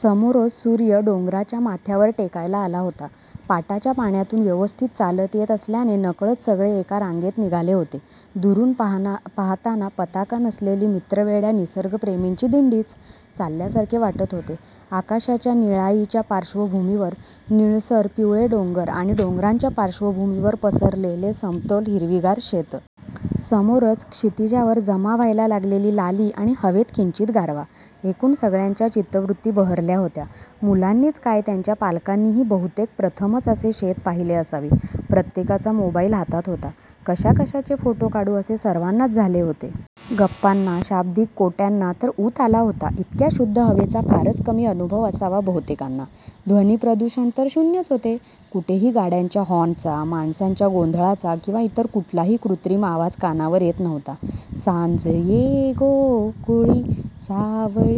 समोरच सुर्य डोंगराच्या माथ्यावर टेकायला आला होता. पाटाच्या पाण्यातुन व्यवस्थित चालता येत असल्याने नकळत सगळे एका रांगेत निघाले होते. दुरुन पहाताना 'पताका नसलेली मित्रवेड्या निसर्गप्रेमींची दिंडीच' चालल्यासारखे वाटत होते. आकाशाच्या निळाईच्या पार्श्वभुमीवर निळसर पिवळे डोंगर आणि डोंगरांच्या पार्श्वभुमीवर पसरलेले समतल हिरवेगार शेत. समोरच क्षितिजावर जमा व्हायला लागलेली लाली आणि हवेत किंचीत गारवा. एकुन सगळ्यांच्या चित्तवृत्ती बहरल्या होत्या. मुलांनीच काय त्यांच्या पालकांनीही बहुतेक प्रथमच असे शेत पाहीले असावे. प्रत्येकाचा मोबाईल हातात होता. कशा कशाचे फोटो काढु असे सर्वांनाच झाले होते. गप्पांना, शाब्दीक कोट्यांना तर ऊत आला होता. इतक्या शुध्द हवेचा फारच कमी अनुभव असावा बहुतेकांना. ध्वनीप्रदुषण तर शुन्यच होते. कुठेही गाड्यांच्या हॉर्नचा, मानसांच्या गोंधळाचा किंवा इतर कुठलाही कृत्रीम आवाज कानावर येत नव्हता. 'सांज ये गोकुळी, सावळी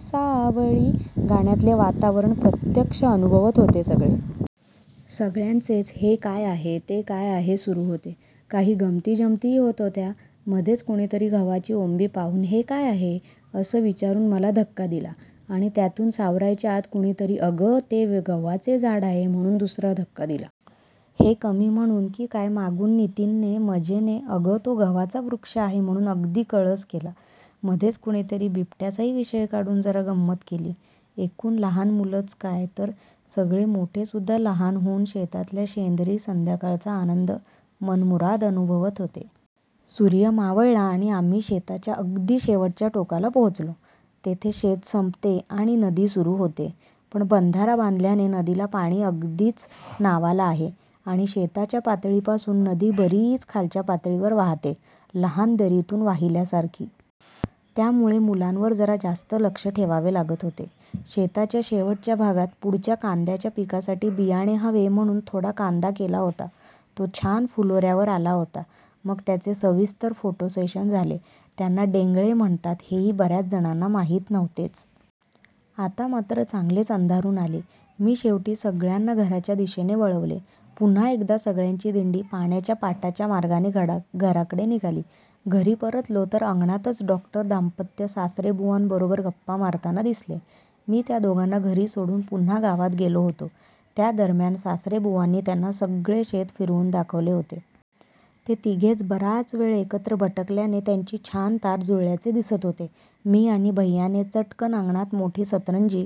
सावळी' गाण्यातले वातावरण प्रत्यक्ष अनुभवत होते सगळे. सगळ्यांचेच "हे काय आहे? " "ते काय आहे? " सुरु होते. काही गमती जमतीही होत होत्या. मधेच कुणीतरी गव्हाची ओंबी पाहुन हे काय आहे? असं विचारुन मला धक्का दिला आणि त्यातुन सावरायच्या आत कुणी तरी "अगं ते गव्हाचे झाड आहे" म्हणून दुसरा धक्का दिला. हे कमी म्हणून की काय मागुन नितिनने मजेने "अगं तो गव्हाचा वृक्ष आहे" म्हणून अगदी कळस केला. मधेच कुणी तरी बिबट्याचाही विषय काढून जरा गम्मत केली. एकुन लहान मुलंच काय तर सगळे मोठे सुध्दा लहान होऊन शेतातल्या शेंदरी संध्याकाळचा आनंद मनमुराद अनुभवत होते. सुर्य मावळला आणि आम्ही शेताच्या अगदी शेवटच्या टोकाला पोहचलो. तेथे शेत संपते आणि नदी सुरु होते. पण बंधारा बांधल्याने नदीला पाणी अगदीच नावाला आहे. आणि शेताच्या पातळीपासुन नदी बरीच खालच्या पातळीवर वहाते. लहान दरीतुन वाहील्यासारखी. त्यामुळे मुलांवर जरा जास्त लक्ष ठेवावे लागत होते. शेताच्या शेवटच्या भागात पुढच्या कांद्याच्या पिकासाठी बियाणे हवे म्हणून थोडा कांदा केला होता. तो छान फुलोऱ्यावर आला होता. मग त्याचे सविस्तर फोटोसेशन झाले. त्यांना डेंगळे म्हणतात हेही बऱ्याच जणांना माहीत नव्हतेच. आता मात्र चांगलेच अंधारुन आले. मी शेवटी सगळ्यांना घराच्या दिशेने वळवले. पुन्हा एकदा सगळ्यांची दिंडी पाण्याच्या पाटाच्या मार्गाने घराकडे निघाली. घरी परतलो तर अंगणातच डॉक्टर दांपत्य सासरेबुवांबरोबर गप्पा मारताना दिसले. मी त्या दोघांना घरी सोडुन पुन्हा गावात गेलो होतो त्या दरम्यान सासरेबुवांनी त्यांना सगळे शेत फिरवून दाखवले होते. ते तिघेच बराच वेळ एकत्र भटकल्याने त्यांची छान तार जुळल्याचे दिसत होते. मी आणि भैय्याने चटकन अंगणात मोठी सतरंजी